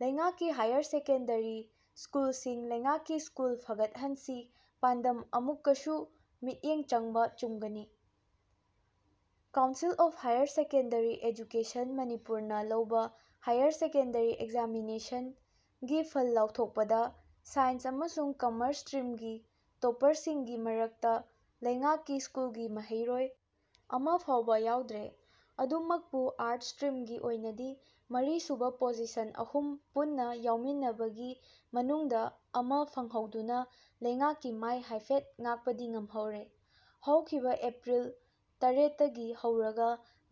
ꯂꯩꯉꯥꯛꯀꯤ higher secondary ꯁ꯭ꯀꯨꯜꯁꯤꯡ ꯂꯩꯉꯥꯛꯀꯤ ꯁ꯭ꯀꯨꯜ ꯐꯒꯠꯍꯟꯁꯤ ꯄꯥꯟꯗꯝ ꯑꯃꯨꯛꯀꯁꯨ ꯃꯤꯠꯌꯦꯡ ꯆꯪꯕ ꯆꯨꯝꯒꯅꯤ꯫ꯀꯥꯎꯟꯁꯤꯜ ꯑꯣꯐ ꯍꯥꯌꯔ ꯁꯦꯀꯦꯟꯗꯔꯤ ꯑꯦꯗꯨꯀꯦꯁꯟ ꯃꯅꯤꯄꯨꯔꯅ ꯂꯧꯕ ꯍꯥꯌꯔ ꯁꯦꯀꯦꯟꯗꯔꯤ ꯑꯦꯒꯖꯥꯃꯤꯅꯦꯁꯟ, ꯒꯤ ꯐꯜ ꯂꯥꯎꯊꯣꯛꯄꯗ ꯁꯥꯏꯟꯁ ꯑꯃꯁꯨꯡ ꯀꯝꯃꯔꯁ ꯁꯇ꯭ꯔꯤꯝꯒꯤ ꯇꯣꯞꯄꯔꯁꯤꯡꯒꯤ ꯃꯔꯛꯇ ꯂꯩꯉꯥꯛꯀꯤ ꯁ꯭ꯀꯨꯜꯒꯤ ꯃꯍꯩꯔꯣꯏ ꯑꯃ ꯐꯥꯎꯕ ꯌꯥꯎꯗ꯭ꯔꯦ꯫ꯑꯗꯨꯃꯛꯄꯨ ꯑꯥꯔꯠꯁ ꯁꯇ꯭ꯔꯤꯝꯒꯤ ꯑꯣꯏꯅꯗꯤ ꯃꯔꯤ ꯁꯨꯕ ꯄꯣꯖꯤꯁꯟ ꯑꯍꯨꯝ ꯄꯨꯟꯅ ꯌꯥꯎꯃꯤꯟꯅꯕꯒꯤ ꯃꯅꯨꯡꯗ ꯑꯃ ꯐꯪꯍꯧꯗꯨꯅ ꯂꯩꯉꯥꯛꯀꯤ ꯃꯥꯏ ꯍꯥꯏꯐꯦꯠ ꯉꯥꯛꯄꯗꯤ ꯉꯝꯍꯧꯔꯦ꯫ꯍꯧꯈꯤꯕ ꯑꯦꯄ꯭ꯔꯤꯜ ꯇꯔꯧꯠꯇꯒꯤ ꯍꯧꯔꯒ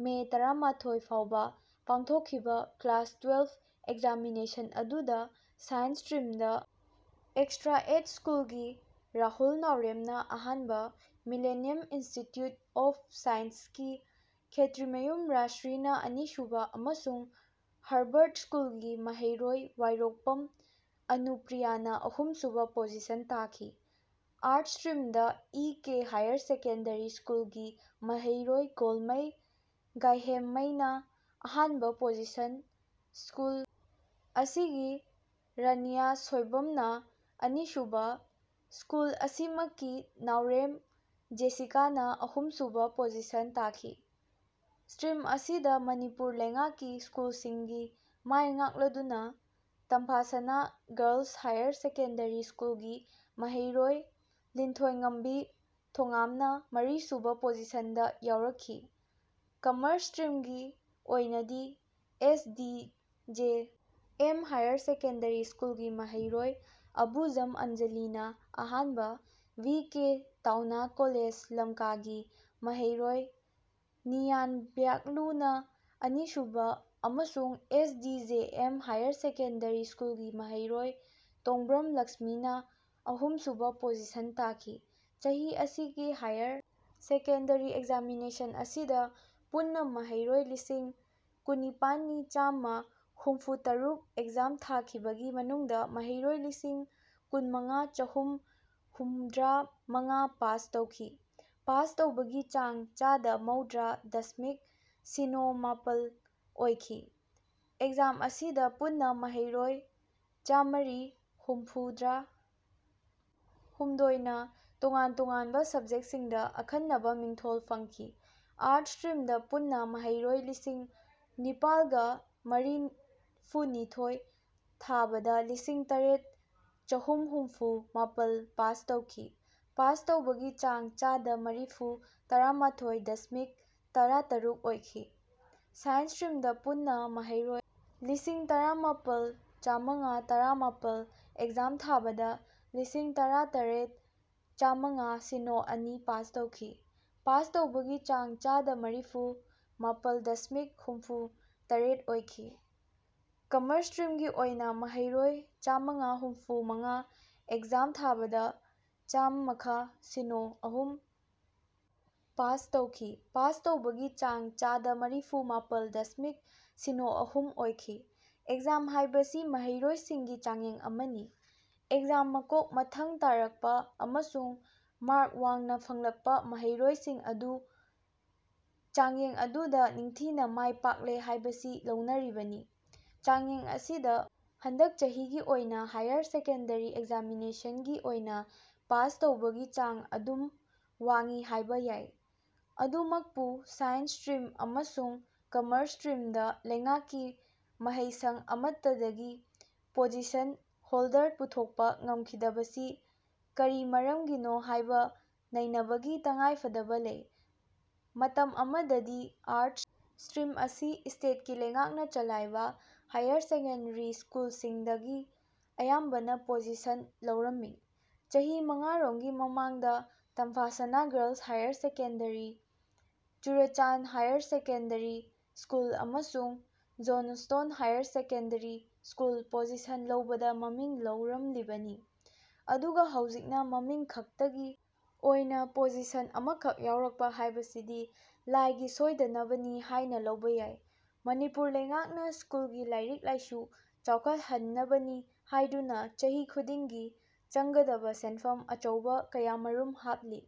ꯃꯦ ꯇꯔꯥꯃꯥꯊꯣꯏ ꯐꯥꯎꯕ ꯄꯥꯡꯊꯣꯛꯈꯤꯕ ꯀ꯭ꯂꯥꯁ ꯇꯨꯌꯦꯜꯕ ꯑꯦꯒꯖꯥꯃꯤꯅꯦꯁꯟ ꯑꯗꯨꯗ ꯁꯥꯏꯟꯁ ꯁꯇ꯭ꯔꯤꯝꯗ ꯑꯦꯛꯁꯇ꯭ꯔꯥ ꯑꯦꯗꯖ ꯁ꯭ꯀꯨꯜꯒꯤ ꯔꯥꯍꯨꯜ ꯅꯥꯎꯔꯦꯝꯅ ꯑꯍꯥꯟꯕ, ꯃꯤꯂꯦꯅꯤꯌꯝ ꯏꯟꯁꯇꯤꯇ꯭ꯌꯨꯠ ꯑꯣꯐ ꯁꯥꯏꯟꯁꯀꯤ ꯈꯦꯇ꯭ꯔꯤꯃꯌꯨꯝ ꯔꯥꯖꯁ꯭ꯔꯤꯅ ꯑꯅꯤꯁꯨꯕ ꯑꯃꯁꯨꯡ ꯍꯔꯕ꯭ꯔꯠ ꯁ꯭ꯀꯨꯜꯒꯤ ꯃꯍꯩꯔꯣꯏ ꯋꯥꯏꯔꯣꯛꯄꯝ ꯑꯅꯨꯄ꯭ꯔꯤꯌꯥꯅ ꯑꯍꯨꯝꯁꯨꯕ ꯄꯣꯖꯤꯁꯟꯇꯥꯈꯤ꯫ꯑꯥꯔꯠꯁ ꯁꯇ꯭ꯔꯤꯝꯗ ꯏ ꯀꯦ ꯍꯥꯌꯔ ꯁꯦꯀꯦꯟꯗꯔꯤ ꯁ꯭ꯀꯨꯜꯒꯤ ꯃꯍꯩꯔꯣꯏ ꯒꯣꯜꯃꯩ ꯒꯥꯏꯍꯦꯝꯃꯩꯅ ꯑꯍꯥꯟꯕ ꯄꯣꯖꯤꯁꯟ, ꯁ꯭ꯀꯨꯜ ꯑꯁꯤꯒꯤ ꯔꯥꯅꯤꯌꯥ ꯁꯣꯏꯕꯝꯅ ꯑꯅꯤꯁꯨꯕ, ꯁ꯭ꯀꯨꯜ ꯑꯁꯤꯃꯛꯀꯤ ꯅꯥꯎꯔꯦꯝ ꯖꯦꯁꯤꯀꯥꯅ ꯑꯍꯨꯝꯁꯨꯕ ꯄꯣꯖꯤꯁꯟ ꯇꯥꯈꯤ꯫ꯁꯇ꯭ꯔꯤꯝ ꯑꯁꯤꯗ ꯃꯅꯤꯄꯨꯔ ꯂꯩꯉꯥꯛꯀꯤ ꯁ꯭ꯀꯨꯜꯁꯤꯡꯒꯤ ꯃꯥꯏ ꯉꯥꯛꯂꯗꯨꯅ ꯇꯝꯐꯥꯁꯅꯥ ꯒꯥꯔꯜꯁ ꯍꯥꯌꯔ ꯁꯦꯀꯦꯟꯗꯔꯤ ꯁ꯭ꯀꯨꯜꯒꯤ ꯃꯍꯩꯔꯣꯏ ꯂꯤꯟꯊꯣꯏꯉꯝꯕꯤ ꯊꯣꯉ꯭ꯔꯥꯝꯅ ꯃꯔꯤꯁꯨꯕ ꯄꯣꯖꯤꯁꯟꯗ ꯌꯥꯎꯔꯛꯈꯤ꯫ꯀꯝꯃꯔꯁ ꯁꯇ꯭ꯔꯤꯝꯒꯤ ꯑꯣꯏꯅꯗꯤ S D J M higher secondary ꯁ꯭ꯀꯨꯜꯒꯤ ꯃꯍꯩꯔꯣꯏ ꯑꯕꯨꯖꯝ ꯑꯟꯖꯂꯤꯅ ꯑꯍꯥꯟꯕ, ꯚꯤ ꯀꯦ ꯇꯥꯎꯅꯥ ꯀꯣꯂꯦꯖ ꯂꯝꯀꯥꯒꯤ ꯃꯍꯩꯔꯣꯏ ꯅꯤꯌꯥꯟꯕ꯭ꯌꯥꯛꯂꯨꯅ ꯑꯅꯤꯁꯨꯕ ꯑꯃꯁꯨꯡ S D J M higher secondary ꯁ꯭ꯀꯨꯜꯒꯤ ꯃꯍꯩꯔꯣꯏ ꯇꯣꯡꯕ꯭ꯔꯝ ꯂꯛꯁꯃꯤꯅ ꯑꯍꯨꯝꯁꯨꯕ ꯄꯣꯖꯤꯁꯟ ꯇꯥꯈꯤ꯫ ꯆꯍꯤ ꯑꯁꯤꯒꯤ ꯍꯥꯌꯔ ꯁꯦꯀꯦꯟꯗꯔꯤ ꯑꯦꯒꯖꯥꯃꯤꯅꯦꯁꯟ ꯑꯁꯤꯗ ꯄꯨꯟꯅ ꯃꯍꯩꯔꯣꯏ ꯂꯤꯁꯤꯡ ꯀꯨꯅꯤꯄꯥꯟꯅꯤ ꯆꯥꯝꯃ ꯍꯨꯝꯐꯨꯇꯔꯨꯛ ꯑꯦꯒꯖꯥꯝ ꯊꯥꯈꯤꯕꯒꯤ ꯃꯅꯨꯡꯗ ꯃꯍꯩꯔꯣꯏ ꯂꯤꯁꯤꯡ ꯀꯨꯟꯃꯉꯥ ꯆꯍꯨꯝ ꯍꯨꯝꯗ꯭ꯔꯥꯃꯉꯥ ꯄꯥꯁ ꯇꯧꯈꯤ꯫ ꯄꯥꯁ ꯇꯧꯕꯒꯤ ꯆꯥꯡ ꯆꯥꯗ ꯃꯧꯗ꯭ꯔꯥ ꯗꯁꯃꯤꯛ ꯁꯤꯅꯣ ꯃꯥꯄꯜ ꯑꯣꯏꯈꯤ꯫ꯑꯦꯒꯖꯥꯝ ꯑꯁꯤꯗ ꯄꯨꯟꯅ ꯃꯍꯩꯔꯣꯏ ꯆꯥꯝꯃꯔꯤ ꯍꯨꯝꯐꯨꯇꯔꯥ ꯍꯨꯝꯗꯣꯏ ꯅ ꯇꯣꯉꯥꯟ-ꯇꯣꯉꯥꯟꯕ ꯁꯕꯖꯦꯛꯁꯤꯡꯗ ꯑꯈꯟꯅꯕ ꯃꯤꯡꯊꯣꯜ ꯐꯪꯈꯤ꯫ꯑꯥꯔꯠꯁ ꯁꯇ꯭ꯔꯤꯝꯗ ꯄꯨꯟꯅ ꯃꯍꯩꯔꯣꯏ ꯂꯤꯁꯤꯡ ꯅꯤꯄꯥꯜꯒ ꯃꯔꯤꯐꯨꯅꯤꯊꯣꯏ ꯊꯥꯕꯗ ꯂꯤꯁꯤꯡ ꯇꯔꯦꯠ ꯆꯍꯨꯝ ꯍꯨꯝꯐꯨ ꯃꯥꯄꯜ ꯄꯥꯁ ꯇꯧꯈꯤ, ꯄꯥꯁ ꯇꯧꯕꯒꯤ ꯆꯥꯡ ꯆꯥꯗ ꯃꯔꯤꯐꯨ ꯇꯔꯥꯃꯥꯊꯣꯢ ꯗꯁꯃꯤꯛ ꯇꯔꯥꯇꯔꯨꯛ ꯑꯣꯏꯈꯤ꯫ꯁꯥꯏꯟꯁ ꯁꯇ꯭ꯔꯤꯝꯗ ꯄꯨꯟꯅ ꯃꯍꯩꯔꯣꯏ ꯂꯤꯁꯤꯡ ꯇꯔꯥꯃꯥꯄꯜ ꯆꯥꯝꯃꯉꯥ ꯇꯔꯥꯃꯥꯄꯜ ꯑꯦꯒꯖꯥꯝ ꯊꯥꯕꯗ ꯂꯤꯁꯤꯡ ꯇꯔꯥꯇꯔꯧꯠ ꯆꯥꯝꯃꯉꯥ ꯁꯤꯅꯣ ꯑꯅꯤ ꯄꯥꯁ ꯇꯧꯈꯤ꯫ꯄꯥꯁ ꯇꯧꯕꯒꯤ ꯆꯥꯡ ꯆꯥꯗ ꯃꯔꯤꯐꯨ ꯃꯥꯄꯜ ꯗꯁꯃꯤꯛ ꯍꯨꯝꯐꯨ ꯇꯔꯦꯠ ꯑꯣꯏꯈꯤ꯫ꯀꯝꯃꯔꯁ ꯁꯇ꯭ꯔꯤꯝꯒꯤ ꯑꯣꯏꯅ ꯃꯍꯩꯔꯣꯏ ꯆꯥꯝꯃꯉꯥ ꯍꯨꯝꯐꯨ ꯃꯉꯥ ꯑꯦꯒꯖꯥꯝ ꯊꯥꯕꯗ ꯆꯥꯝꯃꯈꯥ ꯁꯤꯅꯣ ꯑꯍꯨꯝ ꯄꯥꯁ ꯇꯧꯈꯤ꯫ꯄꯥꯁ ꯇꯧꯕꯒꯤ ꯆꯥꯡ ꯆꯥꯗ ꯃꯔꯤꯐꯨ ꯃꯥꯄꯜ ꯗꯁꯃꯤꯛ ꯁꯤꯅꯣ ꯑꯍꯨꯝ ꯑꯣꯏꯈꯤ꯫ ꯑꯦꯒꯖꯥꯝ ꯍꯥꯏꯕꯁꯤ ꯃꯍꯩꯔꯣꯏꯁꯤꯡꯒꯤ ꯆꯥꯡꯌꯦꯡ ꯑꯃꯅꯤ꯫ꯑꯦꯒꯖꯥꯝ ꯃꯀꯣꯛ ꯃꯊꯪ ꯇꯥꯔꯛꯄ ꯑꯃꯁꯨꯡ ꯃꯥꯔꯛ ꯋꯥꯡꯅ ꯐꯪꯂꯛꯄ ꯃꯍꯩꯔꯣꯏꯁꯤꯡ ꯑꯗꯨ ꯆꯥꯡꯌꯦꯡ ꯑꯗꯨꯗ ꯅꯤꯡꯊꯤꯅ ꯃꯥꯏ ꯄꯥꯛꯂꯦ ꯍꯥꯏꯕꯁꯤ ꯂꯧꯅꯔꯤꯕꯅꯤ꯫ꯆꯥꯡꯌꯦꯡ ꯑꯁꯤꯗ ꯍꯟꯗꯛ ꯆꯍꯤꯒꯤ ꯑꯣꯏꯅ ꯍꯥꯌꯔ ꯁꯦꯀꯦꯟꯗꯔꯤ ꯑꯦꯒꯖꯥꯃꯤꯅꯦꯁꯟꯒꯤ ꯑꯣꯏꯅ ꯄꯥꯁ ꯇꯧꯕꯒꯤ ꯆꯥꯡ ꯑꯗꯨꯝ ꯋꯥꯡꯏ ꯍꯥꯏꯕ ꯌꯥꯏ꯫ꯑꯗꯨꯃꯛꯄꯨ ꯁꯥꯏꯟꯁ ꯁꯇ꯭ꯔꯤꯝ ꯑꯃꯁꯨꯡ ꯀꯝꯃꯔꯁ ꯁꯇ꯭ꯔꯤꯝꯗ ꯂꯩꯉꯥꯛꯀꯤ ꯃꯍꯩꯁꯪ ꯑꯃꯠꯇꯗꯒꯤ ꯄꯣꯖꯤꯁꯟ ꯍꯣꯜꯗꯔ ꯄꯨꯊꯣꯛꯄ ꯉꯝꯈꯤꯗꯕꯁꯤ ꯀꯔꯤ ꯃꯔꯝꯒꯤꯅꯣꯍꯥꯏꯕ ꯅꯩꯅꯕꯒꯤ ꯇꯉꯥꯏꯐꯗꯕ ꯂꯩ꯫ꯃꯇꯝ ꯑꯃꯗꯗꯤ ꯑꯥꯔꯠꯁ ꯁꯇ꯭ꯔꯤꯝ ꯑꯁꯤ ꯏꯁꯇꯦꯠꯀꯤ ꯂꯩꯉꯥꯛꯅ ꯆꯂꯥꯏꯕ ꯍꯥꯌꯔ ꯁꯦꯀꯦꯟꯔꯤ ꯁ꯭ꯀꯨꯜꯁꯤꯡꯗꯒꯤ ꯑꯌꯥꯝꯕꯅ ꯄꯣꯖꯤꯁꯅ ꯂꯧꯔꯝꯃꯤ꯫ꯆꯍꯤ ꯃꯉꯥꯔꯣꯝꯒꯤ ꯃꯃꯥꯡꯗ ꯇꯝꯐꯥꯁꯅꯥ girls higher secondary, Churachand higher secondary school ꯑꯃꯁꯨꯡ Johnstone higher secondary school position ꯂꯧꯕꯗ ꯃꯃꯤꯡ ꯂꯩꯔꯝꯂꯤꯕꯅꯤ꯫ꯑꯗꯨꯒ ꯍꯧꯖꯤꯛꯅ ꯃꯃꯤꯡ ꯈꯛꯇꯒꯤ ꯑꯣꯏꯅ ꯄꯣꯖꯤꯁꯟꯗ ꯑꯃꯈꯛ ꯌꯥꯎꯔꯛꯄ ꯍꯥꯏꯕꯁꯤꯗꯤ ꯂꯥꯏꯒꯤ ꯁꯣꯏꯗꯅꯕꯅꯤ ꯍꯥꯏꯅ ꯂꯧꯕ ꯌꯥꯏ꯫ꯃꯅꯤꯄꯨꯔ ꯂꯩꯉꯥꯛꯅ ꯁ꯭ꯀꯨꯜꯒꯤ ꯂꯥꯏꯔꯤꯛ ꯂꯥꯏꯁꯨ ꯆꯥꯎꯈꯠꯍꯟꯅꯕꯅꯤ ꯍꯥꯏꯗꯨꯅ ꯆꯍꯤ ꯈꯨꯗꯤꯡꯒꯤ ꯆꯪꯒꯗꯕ ꯁꯦꯟꯐꯝ ꯑꯆꯧꯕ ꯀꯌꯥꯃꯔꯨꯝ ꯍꯥꯞꯂꯤ꯫